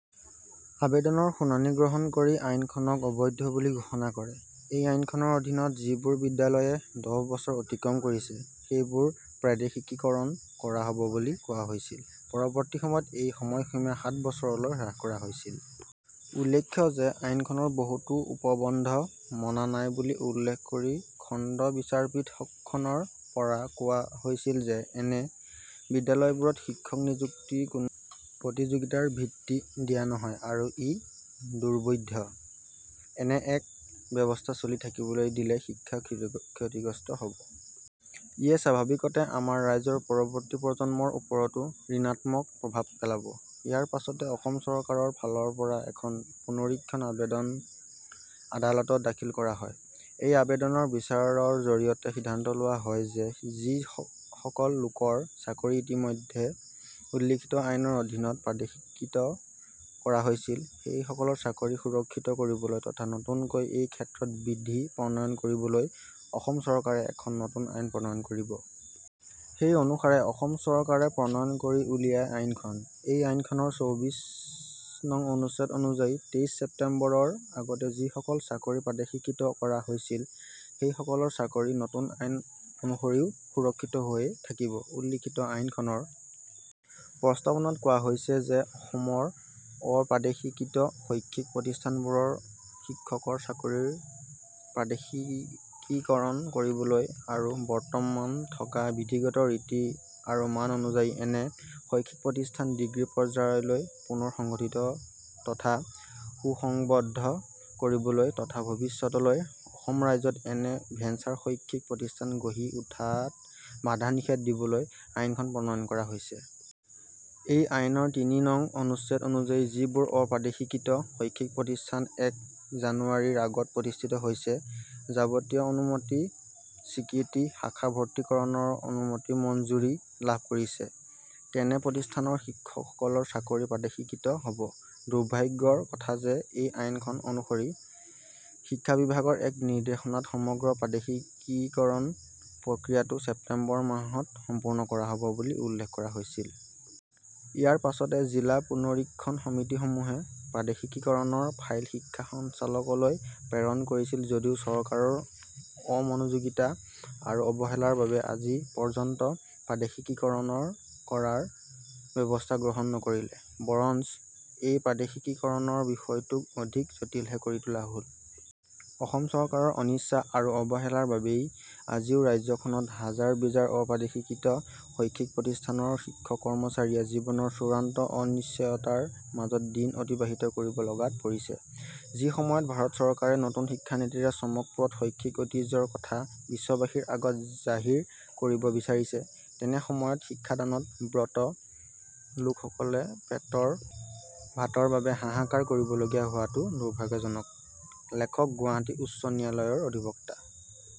আৱেদনৰ শুনানি গ্ৰহণ কৰি আইনখনক অবৈধ বুলি ঘোষণা কৰে। এই আইনখনৰ অধীনত যিবোৰ বিদ্যালয়ে দহ বছৰ অতিক্ৰম কৰিছে, সেইবোৰ প্ৰাদেশিকীকৰণ কৰা হ'ব বুলি কোৱা হৈছিল। পৰৱৰ্তী সময়ত এই সময়সীমা সাত বছৰলৈ হ্ৰাস কৰা হৈছিল। উল্লেখ্য যে আইনখনৰ বহুতো উপবন্ধ মনা নাই বুলি উল্লেখ কৰি খণ্ড বিচাৰপীঠখনৰ পৰা কোৱা হৈছিল যে এনে বিদ্যালয়বোৰত শিক্ষক নিযুক্তি কোনো প্ৰতিযোগিতাৰ ভিত্তি দিয়া নহয় আৰু ই দুৰ্বোধ্য। এনে এক ব্যৱস্থা চলি থাকিবলৈ দিলে শিক্ষা ক্ষতিগ্ৰস্ত হ'ব। ইয়ে স্বাভাৱিকতে আমাৰ ৰাজ্যৰ পৰৱৰ্তী প্ৰজন্মৰ ওপৰতো ঋণাত্মক প্ৰভাৱ পেলাব। ইয়াৰ পাছতে অসম চৰকাৰৰ ফালৰ পৰা এখন পুনৰীক্ষণ আৱেদন আদালতত দাখিল কৰা হয়। এই আৱেদনৰ বিচাৰৰ জৰিয়তে সিদ্ধান্ত লোৱা হয় যে যি‌ সকল লোকৰ চাকৰি ইতিমধ্যে উল্লিখিত আইনৰ অধীনত প্ৰাদেশীকৃত কৰা হৈছিল সেইসকলৰ চাকৰি সুৰক্ষিত কৰিবলৈ তথা নতুনকৈ এই ক্ষেত্ৰত বিধি প্ৰণয়ন কৰিবলৈ অসম চৰকাৰে এখন নতুন আইন প্ৰণয়ন কৰিব। সেই অনুসাৰে অসম চৰকাৰে প্ৰণয়ন কৰি উলিয়ায় আইনখন। এই আইনখনৰ চৌব্বিশ নং অনুচ্ছেদ অনুযায়ী তেইশ ছেপ্টেম্বৰৰ আগতে যিসকলৰ চাকৰি প্ৰাদেশিকৃত কৰা হৈছিল সেই সকলৰ চাকৰি নতুন আইন অনুসৰিও সুৰক্ষিত হৈয়ে থাকিব। উল্লিখিত আইনখনৰ প্ৰস্তাৱনাত কোৱা হৈছে যে অসমৰ অপ্ৰাদেশীকৃত শৈক্ষিক প্ৰতিষ্ঠানবোৰৰ শিক্ষকৰ চাকৰিৰ প্ৰাদেশিকীকৰণ কৰিবলৈ আৰু বৰ্তমান থকা বিধিগত ৰীতি আৰু মান অনুযায়ী এনে শৈক্ষিক প্ৰতিষ্ঠান ডিগ্ৰী পৰ্য্যায়লৈ পুনৰ সংগঠিত তথা সুসংবদ্ধ কৰিবলৈ তথা ভৱিষ্যতলৈ অসম ৰাজ্যত এনে ভেঞ্চাৰ শৈক্ষিক প্ৰতিষ্ঠান গঢ়ি উঠাত বাধা নিষেধ দিবলৈ আইনখন প্ৰণয়ন কৰা হৈছে। এই আইনৰ তিনি নং অনুচ্ছেদ অনুযায়ী যিবোৰ অপ্ৰাদেশীকৃত শৈক্ষিক প্ৰতিষ্ঠান এক জানুৱাৰিৰ আগত প্ৰতিষ্ঠিত হৈছে, যাৱতীয় অনুমতি, স্বীকৃতি, শাখাভৰ্তিকৰণৰ অনুমতি মঞ্জুৰি লাভ কৰিছে, তেনে প্ৰতিষ্ঠানৰ শিক্ষকসকলৰ চাকৰি প্ৰাদেশিকৃত হ'ব। দুৰ্ভাগ্যৰ কথা যে এই আইনখন অনুসৰি শিক্ষা বিভাগৰ এক নিৰ্দেশনাত সমগ্ৰ প্ৰাদেশিকীকৰণ প্ৰক্ৰিয়াটো ছেপ্টেম্বৰ মাহত সম্পূৰ্ণ কৰা হ'ব বুলি উল্লেখ কৰা হৈছিল। ইয়াৰ পাছতে জিলা পুনৰীক্ষণ সমিতিসমূহে প্ৰাদেশিকীকৰণৰ ফাইল শিক্ষা সঞ্চালকলৈ প্ৰেৰণ কৰিছিল যদিও চৰকাৰৰ অমনোযোগিতা আৰু অৱহেলাৰ বাবে আজি পৰ্য্যন্ত প্ৰাদেশিকীকৰণৰ কৰাৰ ব্যৱস্থা গ্ৰহণ নকৰিলে। বৰঞ্চ এই প্ৰাদেশিকীকৰণৰ বিষয়টোক অধিক জটিলহে কৰি তোলা হ'ল। অসম চৰকাৰৰ অনিচ্ছা আৰু অৱহেলাৰ বাবেই আজিও ৰাজ্যখনত হাজাৰ-বিজাৰ অপ্ৰাদেশীকৃত শৈক্ষিক প্ৰতিষ্ঠানৰ শিক্ষক-কৰ্মচাৰীয়ে জীৱনৰ চূড়ান্ত অনিশ্চয়তাৰ মাজত দিন অতিবাহিত কৰিব লগাত পৰিছে। যি সময়ত ভাৰত চৰকাৰে নতুন শিক্ষানীতিৰে চমকপ্ৰদ শৈক্ষিক ঐতিহ্যৰ কথা বিশ্ববাসীৰ আগত জাহিৰ কৰিব বিচাৰিছে, তেনে সময়ত শিক্ষাদানত ব্ৰত লোকসকলে পেটৰ ভাতৰ বাবে হাহাকাৰ কৰিবলগীয়া হোৱাটো দুৰ্ভাগ্যজনক। লেখক গুৱাহাটী উচ্চ ন্যায়ালয়ৰ অধিবক্তা।